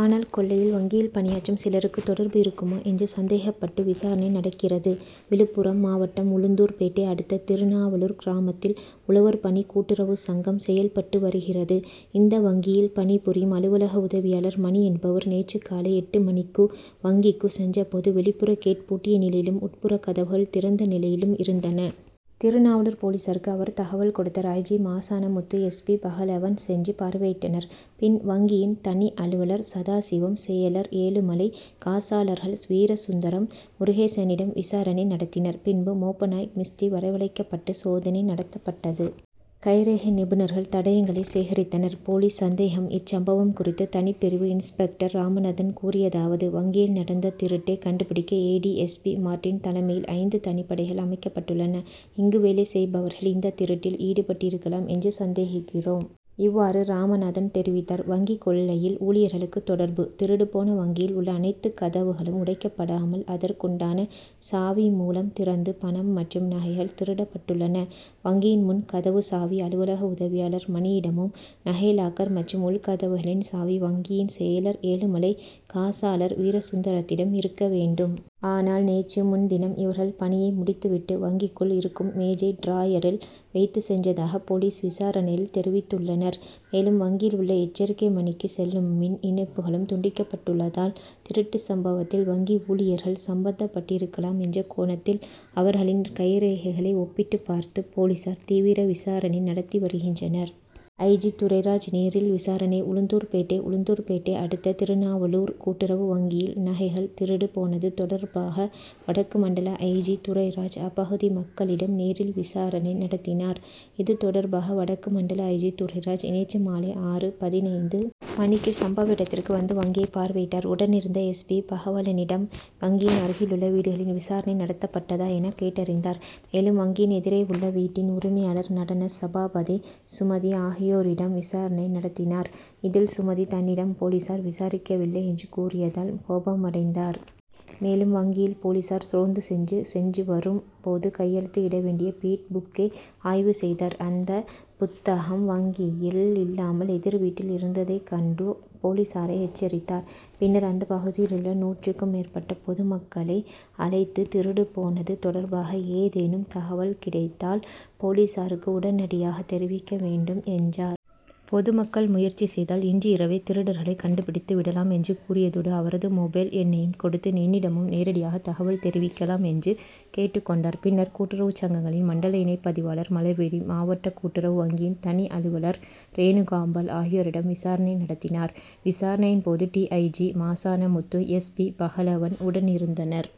ஆனால், கொள்ளையில் வங்கியில் பணியாற்றும் சிலருக்கு தொடர்பு இருக்குமோ என்று சந் தேகப்பட்டு விசாரணை நடக் கிறது. விழுப்புரம் மாவட்டம் உளுந் தூர்பேட்டை அடுத்த திருநாவலூர் கிராமத்தில் உழவர் பணி கூட்டுறவு சங்கம் செயல்பட்டு வருகிறது. இந்த வங்கியில் பணிபுரியும் அலுவலக உதவியாளர் மணி என்பவர் நேற்று காலை எட்டு மணிக்கு வங்கிக்கு சென்றபோது, வெளிப்புற கேட் பூட்டிய நிலையிலும், உட்புற கதவுகள் திறந்த நிலையிலும் இருந்தன. திருநாவலூர் போலீசாருக்கு அவர் தகவல் கொடுத்தார். I. G., Masanamuthu, S. P., Pagalavan சென்று பார்வையிட்டனர். பின், வங்கியின் தனி அலுவலர் சதாசிவம், செயலர் ஏழுமலை, காசாளர்கள் வீரசுந்தரம், முருகேசனிடம் விசாரணை நடத்தினர். பின்பு மோப்ப நாய் மிஸ்டி வரவழைக்கப்பட்டு சோதனை நடத் தப்பட்டது. கைரேகை நிபுணர் கள் தடயங்களை சேகரித்தனர். போலீஸ் சந்தேகம் இச்சம்பவம் குறித்து தனிப்பிரிவு இன்ஸ் பெக் டர் ராமநாதன் கூறியதாவது: வங்கியில் நடந்த திருட்டை கண்டுபிடிக்க A. D. S. P., Martin தலைமையில் ஐந்து தனிப்படைகள் அமைக்கப்பட்டுள்ளன. இங்கு வேலை செய்பவர்கள் இந்த திருட்டில் ஈடுபட்டிருக்கலாம் என்று சந்தேகிக்கிறோம். இவ் வாறு ராமநாதன் தெரிவித்தார். வங்கி கொள்ளையில் ஊழியர்களுக்கு தொடர்பு? திருடுபோன வங்கியில் உள்ள அனைத்து கதவுகளும் உடைக்கப்படாமல் அதற்குண்டான சாவி மூலம் திறந்து, பணம் மற்றும் நகைகள் திருடப்பட்டுள்ளன. வங்கியின் முன் கதவு சாவி அலுவலக உதவியாளர் மணியிடமும், நகை லாக்கர் மற்றும் உள் கதவுகளின் சாவி, வங்கியின் செயலர் ஏழுமலை, காசாளர் வீரசுந்தரத்திடம் இருக்க வேண்டும். ஆனால் நேற்று முன்தினம் இவர்கள் பணியை முடித்துவிட்டு, வங்கிக்குள் இருக்கும் மேஜை டிராயரில் வைத்துச் சென்றதாக போலீஸ் விசாரணையில் தெரிவித்துள்ளனர். மேலும், வங்கியில் உள்ள எச்சரிக்கை மணிக்கு செல்லும் மின் இணைப்புகளும் துண்டிக்கப்பட் டுள்ளதால், திருட்டு சம்பவத்தில் வங்கி ஊழியர்கள் சம்பந்தப்பட்டிருக்கலாம் என்ற கோணத் தில், அவர்களின் கைரேகைகளை ஒப்பிட்டுப் பார்த்து போலீசார் தீவிர விசாரணை நடத்தி வருகின்றனர். ஐ. ஜி., துரைராஜ் நேரில் விசாரணை உளுந்தூர்பேட்டை உளுந்தூர்பேட்டை அடுத்த திருநாவலூர் கூட்டுறவு வங்கியில் நகைகள் திருடு போனது தொடர்பாக வடக்கு மண்டல ஐ. ஜி., துரைராஜ் அப்பகுதி மக்களிடம் நேரில் விசாரணை நடத்தினார். இது தொடர்பாக வடக்கு மண்டல ஐ. ஜி., துரைராஜ் நேற்று மாலை ஆறு.பதினைந்து மணிக்கு சம்பவ இடத் திற்கு வந்து வங்கியை பார்வையிட்டார். உடனிருந்த எஸ். பி. பகவலனிடம் வங்கியின் அருகிலுள்ள வீடுகளில் விசாரணை நடத்தப்பட்டதா என கேட்டறிந்தார். மேலும் வங்கியின் எதிரே உள்ள வீட்டின் உரிமையாளர் நடன சபாபதி, சுமதி ஆகியோரிடம் விசாரணை நடத்தினார். இதில் சுமதி தன்னிடம் போலீசார் விசாரிக்கவில்லை என்று கூறியதால் கோபமடைந்தார். மேலும் வங்கியில் போலீசார் ரோந்து சென்று சென்று வரும் போது கையெழுத்து இடவேண்டிய பீட் புக்கை ஆய்வு செய்தார். அந்த புத்தகம் வங்கியில் இல்லாமல் எதிர் வீட்டில் இருந்ததை கண்டு போலீசாரை எச்சரித்தார். பின்னர் அந்தப் பகுதியிலுள்ள நூற்றுக்கும் மேற்பட்ட பொது மக்களை அழைத்து திருடு போனது தொடர் பாக ஏதேனும் தகவல் கிடைத்தால் போலீசாருக்கு உடனடியாக தெரிவிக்க வேண்டும் என்றார். பொதுமக்கள் முயற்சி செய்தால் இன்று இரவே திருடர்களை கண்டுபிடித்து விடலாம் என்று கூறியதோடு, அவரது மொபைல் எண்ணையும் கொடுத்து என்னிடமும் நேரடியாக தகவல் தெரிவிக்கலாம் என்று கேட்டுக் கொண்டார். பின்னர் கூட்டுறவு சங்கங்களின் மண்டல இணைப்பதிவாளர் மலர் விழி, மாவட்ட கூட்டுறவு வங்கியின் தனி அலுவலர் ரேணுகாம்பாள் ஆகியோரிடம் விசாரணை நடத்தினார். விசாரணையின் போது டி. ஐ. G., Masanamuthu, S. பி.பகலவன் உடனிருந்தனர்.